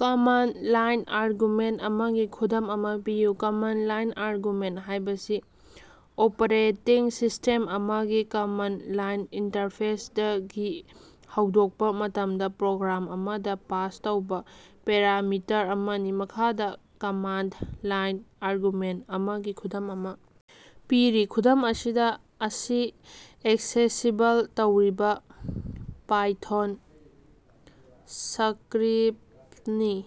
Command line argument ꯑꯃꯒꯤ ꯈꯨꯗꯝ ꯑꯃ ꯄꯤꯌꯨ꯫ ꯀꯃꯟꯗ ꯂꯥꯏꯟ ꯑꯥꯔꯒꯨꯃꯦꯟ ꯍꯥꯏꯕꯁꯤ ꯑꯣꯄꯔꯦꯇꯤꯡ ꯁꯤꯁꯇꯦꯝ ꯑꯃꯒꯤ ꯀꯃꯟꯗ ꯂꯥꯏꯟ ꯏꯟꯇꯔꯐꯦꯁ ꯗꯒꯤ ꯍꯧꯗꯣꯛꯄꯥ ꯃꯇꯝꯗ ꯄ꯭ꯔꯣꯒꯔꯥꯝ ꯑꯃꯗ ꯄꯥꯁ ꯇꯧꯕ ꯄꯦꯔꯥꯃꯤꯇꯔ ꯑꯃꯅꯤ꯫ ꯃꯈꯥꯗ ꯀꯃꯥꯟꯗ ꯂꯥꯏꯟ ꯑꯥꯔꯒꯨꯃꯦꯟ ꯑꯃꯒꯤ ꯈꯨꯗꯝ ꯑꯃ ꯄꯤꯔꯤ ꯈꯨꯗꯝ ꯑꯁꯤꯗ ꯑꯁꯤ ꯑꯦꯛꯁꯦꯁꯤꯕꯜ ꯇꯧꯔꯤꯕ ꯄꯥꯏꯊꯣꯟ ꯁꯀꯔꯤꯞꯅꯤ꯫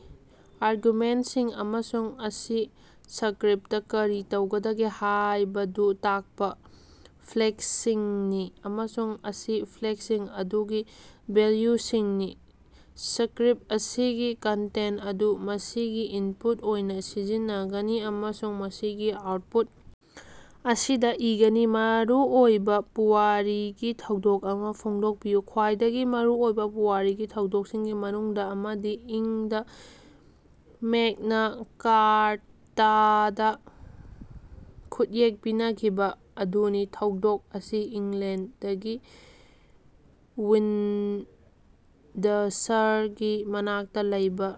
ꯑꯥꯔꯒꯨꯃꯦꯟꯁꯤꯡ ꯑꯃꯁꯨꯡ ꯑꯁꯤ ꯁꯀꯔꯤꯞꯇ ꯀꯔꯤ ꯇꯧꯒꯗꯒꯦ ꯍꯥꯌꯕꯗꯨ ꯇꯥꯛꯄ ꯐꯂꯦꯛꯁꯤꯡꯅꯤ ꯑꯃꯁꯨꯡ ꯑꯁꯤ ꯐꯂꯦꯛꯁꯤꯡ ꯑꯗꯨꯒꯤ ꯚꯦꯜꯌꯨꯁꯤꯡꯅꯤ꯫ ꯁꯀꯔꯤꯞ ꯑꯁꯤꯒꯤ ꯀꯟꯇꯦꯟ ꯑꯗꯨ ꯃꯁꯤꯒꯤ ꯏꯟꯄꯨꯠ ꯑꯣꯏꯅ ꯁꯤꯖꯤꯟꯅꯒꯅꯤ ꯑꯃꯁꯨꯡ ꯃꯁꯤꯒꯤ ꯑꯥꯎꯠꯄꯨꯠ ꯑꯁꯤꯗ ꯏꯒꯅꯤ꯫ ꯃꯔꯨꯑꯣꯏꯕ ꯄꯨꯋꯥꯔꯤꯒꯤ ꯊꯧꯗꯣꯛ ꯑꯃ ꯐꯣꯡꯗꯣꯛꯄꯤꯌꯨ꯫ ꯈ꯭ꯋꯥꯏꯗꯒꯤ ꯃꯔꯨ ꯑꯣꯏꯕ ꯄꯨꯋꯥꯔꯤꯒꯤ ꯊꯧꯗꯣꯛꯁꯤꯡꯒꯤ ꯃꯅꯨꯡꯗ ꯑꯃꯗꯤ ꯏꯪ ꯗ ꯃꯦꯛꯅꯥ ꯀꯥꯔꯇꯥꯗ ꯈꯨꯠꯌꯦꯛ ꯄꯤꯅꯈꯤꯕ ꯑꯗꯨꯅꯤ ꯊꯧꯗꯣꯛ ꯑꯁꯤ ꯏꯪꯂꯦꯟꯗꯒꯤ ꯋꯤꯟꯗꯁꯔꯒꯤ ꯃꯅꯥꯛꯇ ꯂꯩꯕ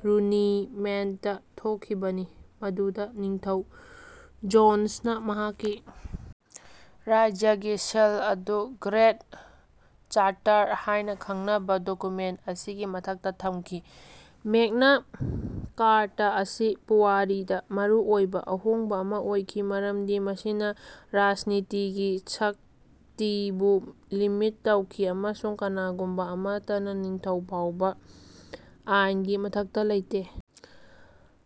ꯔꯨꯅꯤꯃꯦꯠꯇꯥ ꯊꯣꯛꯈꯤꯕꯅꯤ ꯃꯗꯨꯗ ꯅꯤꯡꯊꯧ ꯖꯣꯟꯁꯅ ꯃꯍꯥꯛꯀꯤ ꯔꯥꯏꯖꯒꯤ ꯁꯤꯜ ꯑꯗꯨ ꯒ꯭ꯔꯦꯠ ꯆꯥꯔꯇꯔ ꯍꯥꯏꯅ ꯈꯪꯅꯕ ꯗꯣꯀꯨꯃꯦꯟ ꯑꯁꯤꯒꯤ ꯃꯊꯛꯇ ꯊꯝꯈꯤ꯫ ꯃꯦꯛꯅ ꯀꯥꯔꯇ ꯑꯁꯤ ꯄꯨꯋꯥꯔꯤꯗ ꯃꯔꯨꯑꯣꯏꯕ ꯑꯍꯣꯡꯕ ꯑꯃ ꯑꯣꯏꯈꯤ ꯃꯔꯝꯗꯤ ꯃꯁꯤꯅ ꯔꯥꯖꯅꯤꯇꯤꯒꯤ ꯁꯛꯇꯤꯕꯨ ꯂꯤꯃꯤꯠ ꯇꯧꯈꯤ ꯑꯃꯁꯨꯡ ꯀꯅꯥꯒꯨꯝꯕ ꯑꯃꯠꯇꯅ ꯅꯤꯡꯊꯧ ꯐꯥꯎꯕꯥ ꯑꯥꯏꯟꯒꯤ ꯃꯊꯛꯇ ꯂꯩꯇꯦ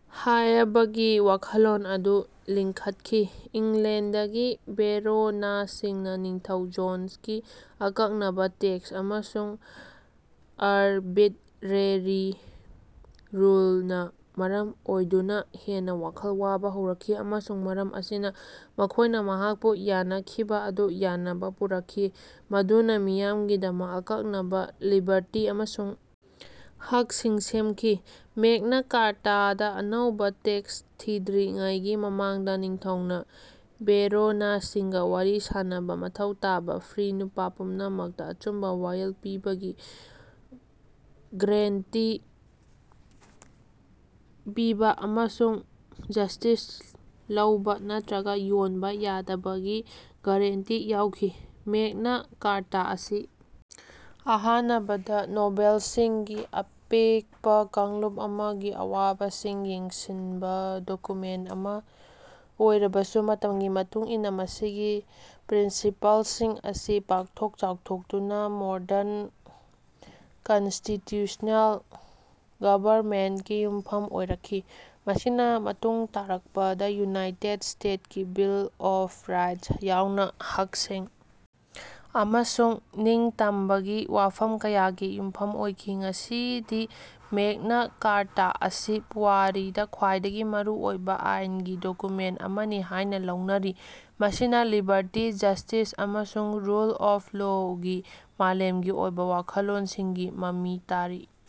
ꯍꯥꯌꯕꯒꯤ ꯋꯥꯈꯜꯂꯣꯟ ꯑꯗꯨ ꯂꯤꯡꯈꯠꯈꯤ꯫ ꯏꯪꯂꯦꯟꯗꯒꯤ ꯕꯦꯔꯣꯅꯁꯤꯡꯅ ꯅꯤꯡꯊꯧ ꯖꯣꯟꯁꯀꯤ ꯑꯀꯛꯅꯕ ꯇꯦꯛꯁ ꯑꯃꯁꯨꯡ ꯑꯔꯕꯤꯠꯔꯦꯔꯤ ꯔꯨꯜꯅꯥ ꯃꯔꯝ ꯑꯣꯏꯗꯨꯅ ꯍꯦꯟꯅ ꯋꯥꯈꯜ ꯋꯥꯕ ꯍꯧꯔꯛꯈꯤ ꯑꯃꯁꯨꯡ ꯃꯔꯝ ꯑꯁꯤꯅ ꯃꯈꯣꯏꯅ ꯃꯍꯥꯛꯄꯨ ꯌꯥꯅꯈꯤꯕ ꯑꯗꯨ ꯌꯥꯅꯕ ꯄꯨꯔꯛꯈꯤ ꯃꯗꯨꯅ ꯃꯤꯌꯥꯝꯒꯤꯗꯃꯛ ꯑꯀꯛꯅꯕ ꯂꯤꯕꯔꯇꯤ ꯑꯃꯁꯨꯡ ꯍꯛꯁꯤꯡ ꯁꯦꯝꯈꯤ꯫ ꯃꯦꯛꯅ ꯀꯥꯔꯇꯥꯗ ꯑꯅꯧꯕ ꯇꯦꯛꯁ ꯊꯤꯗ꯭ꯔꯤꯉꯩꯒꯤ ꯃꯃꯥꯡꯗ ꯅꯤꯡꯊꯧꯅ ꯕꯦꯔꯣꯅꯁꯤꯡꯒ ꯋꯥꯔꯤ ꯁꯥꯅꯕ ꯃꯊꯧ ꯇꯥꯕ ꯐ꯭ꯔꯤ ꯅꯨꯄꯥ ꯄꯨꯝꯅꯃꯛꯇ ꯑꯆꯨꯝꯕ ꯋꯥꯌꯦꯜ ꯄꯤꯕꯒꯤ ꯒꯔꯦꯟꯇꯤ ꯄꯤꯕ ꯑꯃꯁꯨꯡ ꯖꯁ꯭ꯇꯤꯁ ꯂꯧꯕ ꯅꯠꯇ꯭ꯔꯒ ꯌꯣꯟꯕ ꯌꯥꯗꯕꯒꯤ ꯒꯔꯦꯟꯇꯤ ꯌꯥꯎꯈꯤ꯫ ꯃꯦꯛꯅꯥ ꯀꯥꯔꯇ ꯑꯁꯤ ꯑꯍꯥꯅꯕꯗ ꯅꯣꯕꯦꯜꯁꯤꯡꯒꯤ ꯑꯄꯤꯀꯄ ꯀꯥꯡꯂꯨꯞ ꯑꯃꯒꯤ ꯑꯋꯥꯕꯁꯤꯡ ꯌꯦꯡꯁꯤꯟꯕ ꯗꯣꯀꯨꯃꯦꯟ ꯑꯃ ꯑꯣꯏꯔꯕꯁꯨ ꯃꯇꯝꯒꯤ ꯃꯇꯨꯡ ꯏꯟꯅ ꯃꯁꯤꯒꯤ ꯄ꯭ꯔꯤꯟꯁꯤꯄꯜꯁꯤꯡ ꯑꯁꯤ ꯄꯥꯛꯊꯣꯛ ꯆꯥꯎꯊꯣꯛꯇꯨꯅ ꯃꯣꯗꯔꯟ ꯀꯟꯁꯇꯤꯇꯨꯁ꯭ꯅꯦꯜ ꯒꯕꯔꯃꯦꯟꯀꯤ ꯌꯨꯝꯐꯝ ꯑꯣꯏꯔꯛꯈꯤ꯫ ꯃꯁꯤꯅ ꯃꯇꯨꯡ ꯇꯥꯔꯛꯄꯗ ꯌꯨꯅꯥꯏꯇꯦꯠ ꯁ꯭ꯇꯦꯁꯀꯤ ꯕꯤꯜ ꯑꯣꯐ ꯔꯥꯏꯠ ꯌꯥꯎꯅ ꯍꯛꯁꯤꯡ ꯑꯃꯁꯨꯡ ꯅꯤꯡꯇꯝꯕꯒꯤ ꯋꯥꯐꯝ ꯀꯌꯥꯒꯤ ꯌꯨꯝꯐꯝ ꯑꯣꯏꯈꯤ꯫ ꯉꯁꯤꯗꯤ ꯃꯦꯛꯅꯥ ꯀꯥꯔꯇ ꯑꯁꯤ ꯄꯨꯋꯥꯔꯤꯗ ꯈ꯭ꯋꯥꯏꯗꯒꯤ ꯃꯔꯨꯑꯣꯏꯕ ꯑꯥꯏꯟꯒꯤ ꯗꯣꯀꯨꯃꯦꯟ ꯑꯃꯅꯤ ꯍꯥꯏꯅ ꯂꯧꯅꯔꯤ ꯃꯁꯤꯅ ꯂꯤꯕꯔꯇꯤ ꯖꯁꯇꯤꯁ ꯑꯃꯁꯨꯡ ꯔꯨꯜ ꯑꯣꯐ ꯂꯣꯒꯤ ꯃꯥꯂꯦꯝꯒꯤ ꯑꯣꯏꯕ ꯋꯥꯈꯜꯂꯣꯟꯁꯤꯡꯒꯤ ꯃꯃꯤ ꯇꯥꯔꯤ꯫